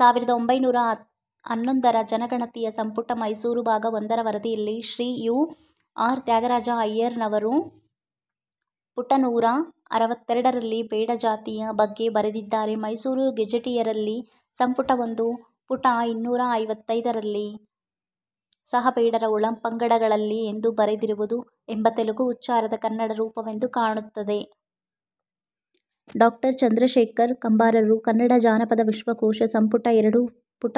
ಸಾವಿರದ ಒಂಭೈನೂರ ಹನ್ನೊಂದರ ಜನಗಣತಿಯ ಸಂಪುಟ ಮೈಸೂರು ಭಾಗ ಒಂದರ ವರದಿಯಲ್ಲಿ ಶ್ರೀ ಯು. ಆರ್. ತ್ಯಾಗರಾಜ ಅಯ್ಯರ್ರವರು ಪುಟ ನೂರ ಅರವತ್ತೆರಡರಲ್ಲಿ ಬೇಡ ಜಾತಿಯ ಬಗ್ಗೆ ಬರೆದಿದ್ದಾರೆ. ಮೈಸೂರು ಗೆಜೆಟಿಯರಲ್ಲಿ ಸಂಪುಟ ಒಂದು ಪುಟ ಇನ್ನೂರ ಐವತ್ತೈದರಲ್ಲಿ ಸಹ ಬೇಡರ ಒಳಪಂಗಡಗಳಲ್ಲಿ ಎಂದು ಬರೆದಿರುವುದು ಎಂಬ ತೆಲುಗು ಉಚ್ಚಾರದ ಕನ್ನಡ ರೂಪವೆಂದು ಕಾಣುತ್ತದೆ. ಡಾಕ್ಟರ್ ಚಂದ್ರಶೇಖರ ಕಂಬಾರರು ಕನ್ನಡ ಜಾನಪದ ವಿಶ್ವಕೋಶ, ಸಂಪುಟ ಎರಡು ಪುಟ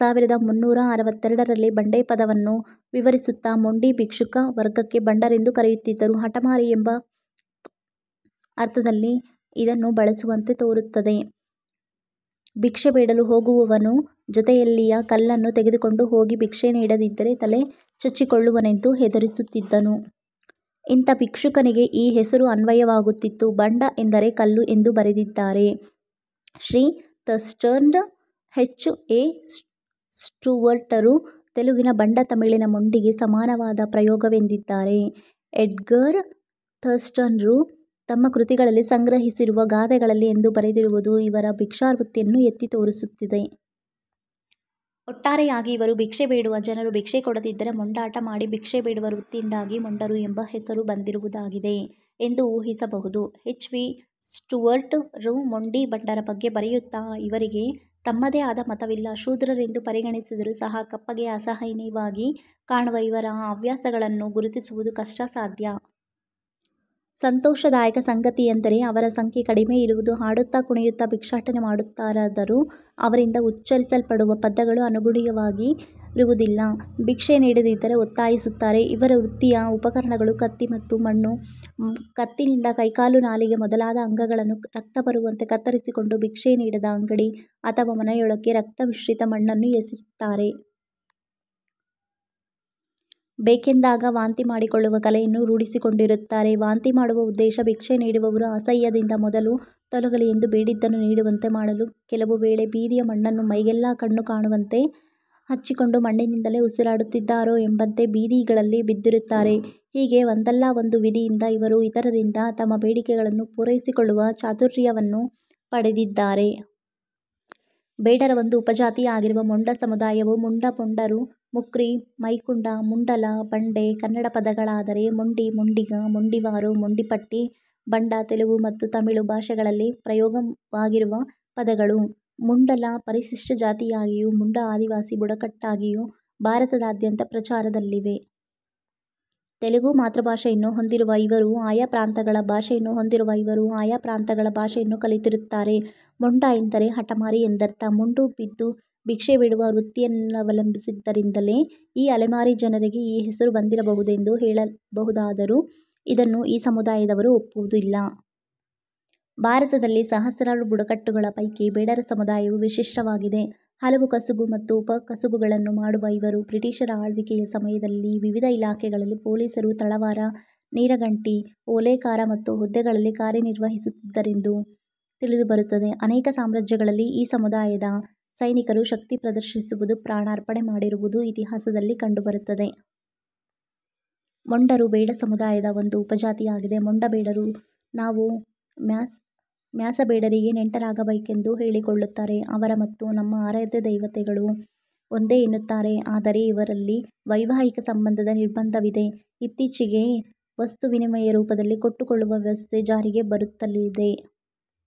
ಸಾವಿರದ ಮುನ್ನೂರ ಅರವತ್ತೆರಡರಲ್ಲಿ ಬಂಡೆ ಪದವನ್ನು ವಿವರಿಸುತ್ತಾ ಮೊಂಡಿ ಭಿಕ್ಷುಕ ವರ್ಗಕ್ಕೆ ಬಂಡರೆಂದು ಕರೆಯುತ್ತಿದ್ದರು. ಹಟಮಾರಿ ಎಂಬ ಅರ್ಥದಲ್ಲಿ ಇದನ್ನು ಬಳಸುವಂತೆ ತೋರುತ್ತದೆ. ಭಿಕ್ಷೆ ಬೇಡಲು ಹೋಗುವವನು ಜೊತೆಯಲ್ಲಿಯ ಕಲ್ಲನ್ನು ತೆಗೆದುಕೊಂಡು ಹೋಗಿ ಭಿಕ್ಷೆ ನೀಡದಿದ್ದರೆ ತಲೆ ಚಚ್ಚಿಕೊಳ್ಳುವೆನೆಂದು ಹೆದರಿಸುತ್ತಿದ್ದನು. ಇಂಥ ಭಿಕ್ಷುಕನಿಗೆ ಈ ಹೆಸರು ಅನ್ವಯವಾಗುತ್ತಿತ್ತು. ಬಂಡ ಎಂದರೆ ಕಲ್ಲು ಎಂದು ಬರೆದಿದ್ದಾರೆ. Shri Thurston, H. ಎ. ಸ್ಟೂವರ್ಟರು ತೆಲುಗಿನ ಬಂಡ ತಮಿಳಿನ ಮೊಂಡಿಗೆ ಸಮಾನವಾದ ಪ್ರಯೋಗ ವೆಂದಿದ್ದಾರೆ. ಎಡ್ಗರ್ ಥರ್ಸ್ಟ್ನರು ತಮ್ಮ ಕೃತಿಗಳಲ್ಲಿ ಸಂಗ್ರಹಿಸಿರುವ ಗಾದೆಗಳಲ್ಲಿ ಎಂದು ಬರೆದಿರುವುದು ಇವರ ಭಿಕ್ಷಾವೃತ್ತಿಯನ್ನು ಎತ್ತಿ ತೋರಿಸುತ್ತದೆ. ಒಟ್ಟಾರೆಯಾಗಿ ಇವರು ಭಿಕ್ಷೆ ಬೇಡುವ ಜನರು ಭಿಕ್ಷೆ ಕೊಡದಿದ್ದರೆ ಮೊಂಡಾಟ ಮಾಡಿ ಭಿಕ್ಷೆ ಬೇಡುವ ವೃತ್ತಿಯಿಂದಾಗಿ ಮೊಂಡರು ಎಂಬ ಹೆಸರು ಬಂದಿರುವುದಾಗಿದೆ ಎಂದು ಊಹಿಸಬಹುದು. ಹೆಚ್. ವಿ. ಸ್ಟೂವರ್ಟ್ ರು ಮೊಂಡಿ / ಬಂಡರ ಬಗ್ಗೆ ಬರೆಯುತ್ತಾ "ಇವರಿಗೆ ತಮ್ಮದೇ ಆದ ಮತವಿಲ್ಲ. ಶೂದ್ರರೆಂದು ಪರಿಗಣಿಸಿದರೂ ಸಹ ಕಪ್ಪಗೆ ಅಸಹನೀಯವಾಗಿ ಕಾಣುವ ಇವರ ಹವ್ಯಾಸಗಳನ್ನು ಗುರುತಿಸುವುದು ಕಷ್ಟ ಸಾಧ್ಯ. ಸಂತೋಷದಾಯಕ ಸಂಗತಿಯೆಂದರೆ ಅವರ ಸಂಖ್ಯೆ ಕಡಿಮೆ ಇರುವುದು. ಹಾಡುತ್ತಾ ಕುಣಿಯುತ್ತಾ ಭಿಕ್ಷಾಟನೆ ಮಾಡುತ್ತಾರಾದರೂ ಅವರಿಂದ ಉಚ್ಚರಿಸಲ್ಪಡುವ ಪದಗಳು ಅನುಕರಣೀಯವಾಗಿ ರುವುದಿಲ್ಲ. ಭಿಕ್ಷೆ ನೀಡದಿದ್ದರೆ ಒತ್ತಾಯಿಸುತ್ತಾರೆ. ಇವರ ವೃತ್ತಿಯ ಉಪಕರಣಗಳು ಕತ್ತಿ ಮತ್ತು ಮಣ್ಣು. ಕತ್ತಿಯಿಂದ ಕೈ ಕಾಲು ನಾಲಿಗೆ ಮೊದಲಾದ ಅಂಗಗಳನ್ನು ರಕ್ತ ಬರುವಂತೆ ಕತ್ತರಿಸಿಕೊಂಡು, ಭಿಕ್ಷೆ ನೀಡದ ಅಂಗಡಿ ಅಥವಾ ಮನೆಯೊಳಕ್ಕೆ ರಕ್ತಮಿಶ್ರಿತ ಮಣ್ಣನ್ನು ಎಸೆಯುತ್ತಾರೆ. ಬೇಕೆಂದಾಗ ವಾಂತಿ ಮಾಡಿಕೊಳ್ಳುವ ಕಲೆಯನ್ನು ರೂಢಿಸಿಕೊಂಡಿರುತ್ತಾರೆ. ವಾಂತಿ ಮಾಡುವ ಉದ್ದೇಶ ಭಿಕ್ಷೆ ನೀಡುವವರು ಅಸಹ್ಯದಿಂದ ಮೊದಲು ತೊಲಗಲಿ ಎಂದು ಬೇಡಿದ್ದನ್ನು ನೀಡುವಂತೆ ಮಾಡಲು ಕೆಲವು ವೇಳೆ ಬೀದಿಯ ಮಣ್ಣನ್ನು ಮೈಗೆಲ್ಲಾ ಕಣ್ಣು ಕಾಣುವಂತೆ ಹಚ್ಚಿಕೊಂಡು ಮಣ್ಣಿನಿಂದಲೇ ಉಸಿರಾಡುತ್ತಿದ್ದಾರೋ ಎಂಬಂತೆ ಬೀದಿ ಗಳಲ್ಲಿ ಬಿದ್ದಿರುತ್ತಾರೆ. ಹೀಗೆ ಒಂದಲ್ಲ ಒಂದು ವಿಧಿಯಿಂದ ಇವರು ಇತರರಿಂದ ತಮ್ಮ ಬೇಡಿಕೆಗಳನ್ನು ಪೂರೈಸಿಕೊಳ್ಳುವ ಚಾತುರ್ಯವನ್ನು ಪಡೆದಿದ್ದಾರೆ". ಬೇಡರ ಒಂದು ಉಪಜಾತಿಯಾಗಿರುವ ಮೊಂಡ ಸಮುದಾಯವು ಮುಂಡ ಮೊಂಡರು ಮುಕ್ರಿ ಮೈಕುಂಡ, ಮುಂಡಲ ಬಂಡೆ ಕನ್ನಡ ಪದಗಳಾದರೆ ಮೊಂಡಿ, ಮೊಂಡಿಗ, ಮೊಂಡಿವಾರು, ಮೊಂಡಿಪಟ್ಟಿ, ಬಂಡ ತೆಲುಗು ಮತ್ತು ತಮಿಳು ಭಾಷೆಗಳಲ್ಲಿ ಪ್ರಯೋಗ ವಾಗಿರುವ ಪದಗಳು. ಮುಂಡಲ ಪರಿಶಿಷ್ಟ ಜಾತಿಯಾಗಿಯೂ ಮುಂಡ ಆದಿವಾಸಿ ಬುಡಕಟ್ಟಾಗಿಯೂ ಭಾರತದಾದ್ಯಂತ ಪ್ರಚಾರದಲ್ಲಿವೆ. ತೆಲುಗು ಮಾತೃಭಾಷೆಯನ್ನು ಹೊಂದಿ ರುವ ಇವರು ಆಯಾ ಪ್ರಾಂತಗಳ ಭಾಷೆಯನ್ನು ಹೊಂದಿರುವ ಇವರು ಆಯಾ ಪ್ರಾಂತಗಳ ಭಾಷೆಯನ್ನು ಕಲಿತಿರುತ್ತಾರೆ. ಮೊಂಡ ಎಂದರೆ ಹಠಮಾರಿ ಎಂದರ್ಥ. ಮೊಂಡು ಬಿದ್ದು ಭಿಕ್ಷೆ ಬೇಡುವ ವೃತ್ತಿಯನ್ನವಲಂಬಿಸಿದ್ದರಿಂದಲೇ ಈ ಅಲೆಮಾರಿ ಜನರಿಗೆ ಈ ಹೆಸರು ಬಂದಿರಬಹುದೆಂದು ಹೇಳಬಹುದಾದರೂ ಇದನ್ನು ಈ ಸಮುದಾಯದವರು ಒಪ್ಪುವುದಿಲ್ಲ. ಭಾರತದಲ್ಲಿ ಸಹಸ್ರಾರು ಬುಡಕಟ್ಟುಗಳ ಪೈಕಿ ಬೇಡರ ಸಮುದಾಯವು ವಿಶಿಷ್ಟವಾಗಿದೆ. ಹಲವು ಕಸುಬು ಮತ್ತು ಉಪ ಕಸುಬುಗಳನ್ನು ಮಾಡುವ ಇವರು ಬ್ರಿಟಿಷರ ಆಳ್ವಿಕೆಯ ಸಮಯದಲ್ಲಿ ವಿವಿಧ ಇಲಾಖೆಗಳಲ್ಲಿ ಪೋಲಿಸರು, ತಳವಾರ, ನೀರಗಂಟಿ, ಓಲೆಕಾರ ಮುಂತಾದ ಹುದ್ದೆಗಳಲ್ಲಿ ಕಾರ್ಯ ನಿರ್ವಹಿಸುತ್ತಿದ್ದರೆಂದು ತಿಳಿದು ಬರುತ್ತದೆ. ಅನೇಕ ಸಾಮ್ರಾಜ್ಯಗಳಲ್ಲಿ ಈ ಸಮುದಾಯದ ಸೈನಿಕರು ಶಕ್ತಿ ಪ್ರದರ್ಶಿಸಿರುವುದು ಪ್ರಾಣಾರ್ಪಣೆ ಮಾಡಿರುವುದು ಇತಿಹಾಸದಲ್ಲಿ ಕಂಡು ಬರುತ್ತದೆ. ಮೊಂಡರು ಬೇಡ ಸಮುದಾಯದ ಒಂದು ಉಪಜಾತಿಯಾಗಿದೆ. ಮೊಂಡ ಬೇಡರು ನಾವು ಮ್ಯಾಸಬೇಡರಿಗೆ ನೆಂಟರಾಗಬೇಕೆಂದು ಹೇಳಿಕೊಳ್ಳುತ್ತಾರೆ. ಅವರ ಮತ್ತು ನಮ್ಮ ಆರಾಧ್ಯ ದೇವತೆಗಳು ಒಂದೇ ಎನ್ನುತ್ತಾರೆ. ಆದರೆ ಇವರಲ್ಲಿ ವೈವಾಹಿಕ ಸಂಬಂಧದ ನಿರ್ಬಂಧವಿದೆ. ಇತ್ತೀಚೆಗೆ ವಸ್ತು ವಿನಿಮಯ ರೂಪದಲ್ಲಿ ಕೊಟ್ಟುಕೊಳ್ಳುವ ವ್ಯವಸ್ಥೆ ಜಾರಿಗೆ ಬರುತ್ತಲಿದೆ.